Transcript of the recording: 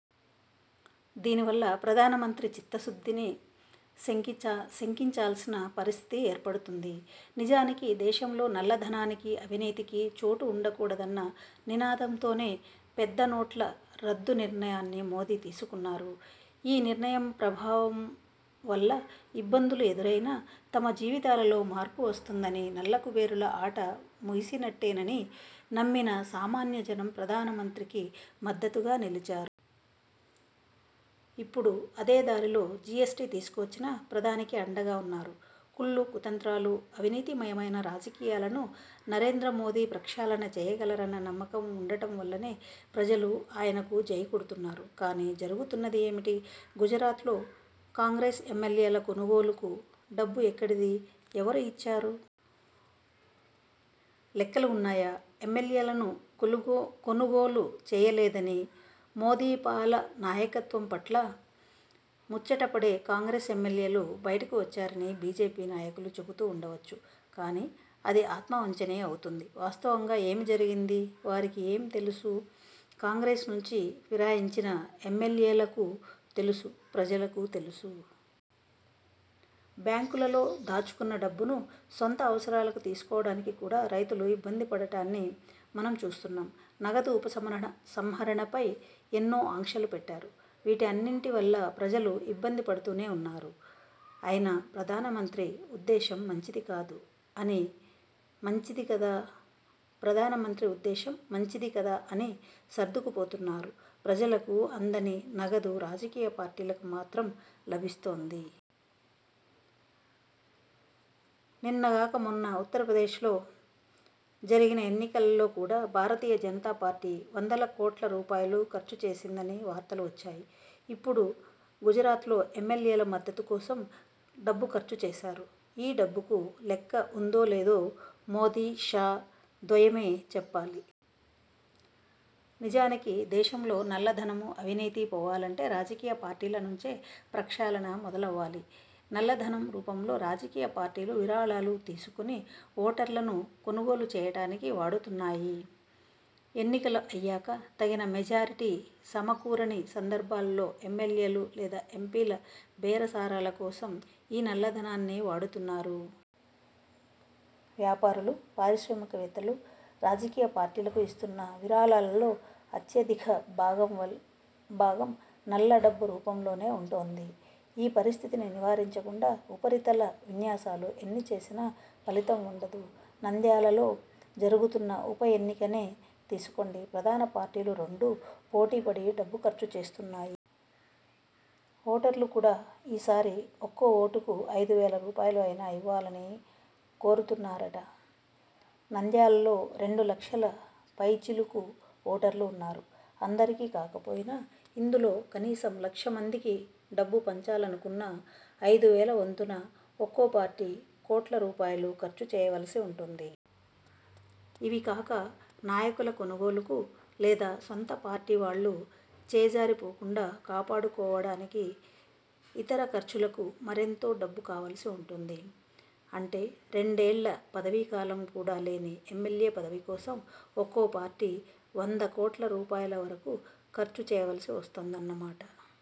దీనివల్ల ప్రధానమంత్రి చిత్తశుద్ధిని శంకించాల్సిన పరిస్థితి ఏర్పడుతుంది. నిజానికి దేశంలో నల్లధనానికి, అవినీతికి చోటు ఉండకూడదన్న నినాదంతోనే పెద్ద నోట్ల రద్దు నిర్ణయాన్ని మోదీ తీసుకున్నారు. ఈ నిర్ణయం ప్రభావం వల్ల ఇబ్బందులు ఎదురైనా తమ జీవితాలలో మార్పు వస్తుందనీ, నల్లకుబేరుల ఆట ముగిసినట్టేనని నమ్మిన సామాన్య జనం ప్రధానమంత్రికి మద్దతుగా నిలిచారు. ఇప్పుడు అదే దారిలో జీఎస్టీ తీసుకువచ్చినా ప్రధానికి అండగా ఉన్నారు. కుళ్లు, కుతంత్రాలు, అవినీతిమయమైన రాజకీయాలను నరేంద్ర మోదీ ప్రక్షాళన చేయగలరన్న నమ్మకం ఉండటం వల్లనే ప్రజలు ఆయనకు జైకొడుతున్నారు. కానీ జరుగుతున్నది ఏమిటి? గుజరాత్లో కాంగ్రెస్ ఎమ్మెల్యేల కొనుగోలుకు డబ్బు ఎక్కడిది? ఎవరు ఇచ్చారు? లెక్కలు ఉన్నాయా? ఎమ్మెల్యేలను కొనుగోలు చేయలేదనీ, మోదీ– పాల నాయకత్వం పట్ల ముచ్చటపడే కాంగ్రెస్ ఎమ్మెల్యేలు బయటకు వచ్చారని బీజేపీ నాయకులు చెబుతూ ఉండవచ్చు గానీ, అది ఆత్మవంచనే అవుతుంది. వాస్తవంగా ఏమి జరిగిందీ వారికీ తెలుసు. కాంగ్రెస్ నుంచి ఫిరాయించిన ఎమ్మెల్యేలకూ తెలుసు. ప్రజలకూ తెలుసు. బ్యాంకులలో దాచుకున్న డబ్బును సొంత అవసరాలకు తీసుకోవడానికి కూడా రైతులు ఇబ్బందిపడటాన్ని మనం చూస్తున్నాం. నగదు ఉపసంహరణపై ఎన్నో ఆంక్షలు పెట్టారు. వీటి అన్నింటి వల్ల ప్రజలు ఇబ్బంది పడుతూనే ఉన్నారు. అయినా ప్రధానమంత్రి ఉద్దేశం మంచిది కదా! అని సర్దుకుపోతున్నారు. ప్రజలకు అందని నగదు రాజకీయ పార్టీలకు మాత్రం లభిస్తోంది. నిన్నగాక మొన్న ఉత్తరప్రదేశ్లో జరిగిన ఎన్నికలలో కూడా భారతీయ జనతా పార్టీ వందల కోట్ల రూపాయలు ఖర్చు చేసిందని వార్తలు వచ్చాయి. ఇప్పుడు గుజరాత్లో ఎమ్మెల్యేల మద్దతు కోసం డబ్బు ఖర్చు చేశారు. ఈ డబ్బుకు లెక్క ఉందో లేదో మోదీ– షా ద్వయమే చెప్పాలి. నిజానికి దేశంలో నల్లధనం, అవినీతి పోవాలంటే రాజకీయ పార్టీల నుంచే ప్రక్షాళన మొదలవ్వాలి. నల్లధనం రూపంలో రాజకీయ పార్టీలు విరాళాలు తీసుకుని ఓటర్లను కొనుగోలు చేయడానికి వాడుతున్నాయి. ఎన్నికలు అయ్యాక తగిన మెజారిటీ సమకూరని సందర్భాలలో ఎమ్మెల్యేలు లేదా ఎంపీల బేరసారాల కోసం ఈ నల్లధనాన్నే వాడుతున్నారు. వ్యాపారులు– పారిశ్రామికవేత్తలు రాజకీయ పార్టీలకు ఇస్తున్న విరాళాలలో అత్యధిక భాగం నల్ల డబ్బు రూపంలోనే ఉంటోంది. ఈ పరిస్థితిని నివారించకుండా ఉపరితల విన్యాసాలు ఎన్ని చేసినా ఫలితం ఉండదు. నంద్యాలలో జరుగుతున్న ఉప ఎన్నికనే తీసుకోండి. ప్రధాన పార్టీలు రెండూ పోటీ పడి డబ్బు ఖర్చు చేస్తున్నాయి. ఓటర్లు కూడా ఈసారి ఒక్కో ఓటుకు అయిదు వేల రూపాయలు అయినా ఇవ్వాలని కోరుతున్నారట! నంద్యాలలో రెండు లక్షల పైచిలుకు ఓటర్లు ఉన్నారు. అందరికీ కాకపోయినా ఇందులో కనీసం లక్ష మందికి డబ్బు పంచాలనుకున్నా అయిదు వేల వంతున ఒక్కో పార్టీ కోట్ల రూపాయలు ఖర్చు చేయవలసి ఉంటుంది. ఇవి కాక నాయకుల కొనుగోలుకు లేదా సొంత పార్టీవాళ్లు చేజారిపోకుండా కాపాడుకోవడానికి ఇతర ఖర్చులకు మరెంతో డబ్బు కావలసి ఉంటుంది. అంటే రెండేళ్ల పదవీకాలం కూడా లేని ఎమ్మెల్యే పదవి కోసం ఒక్కో పార్టీ వంద కోట్ల రూపాయల వరకు ఖర్చు చేయవలసి వస్తోందన్న మాట!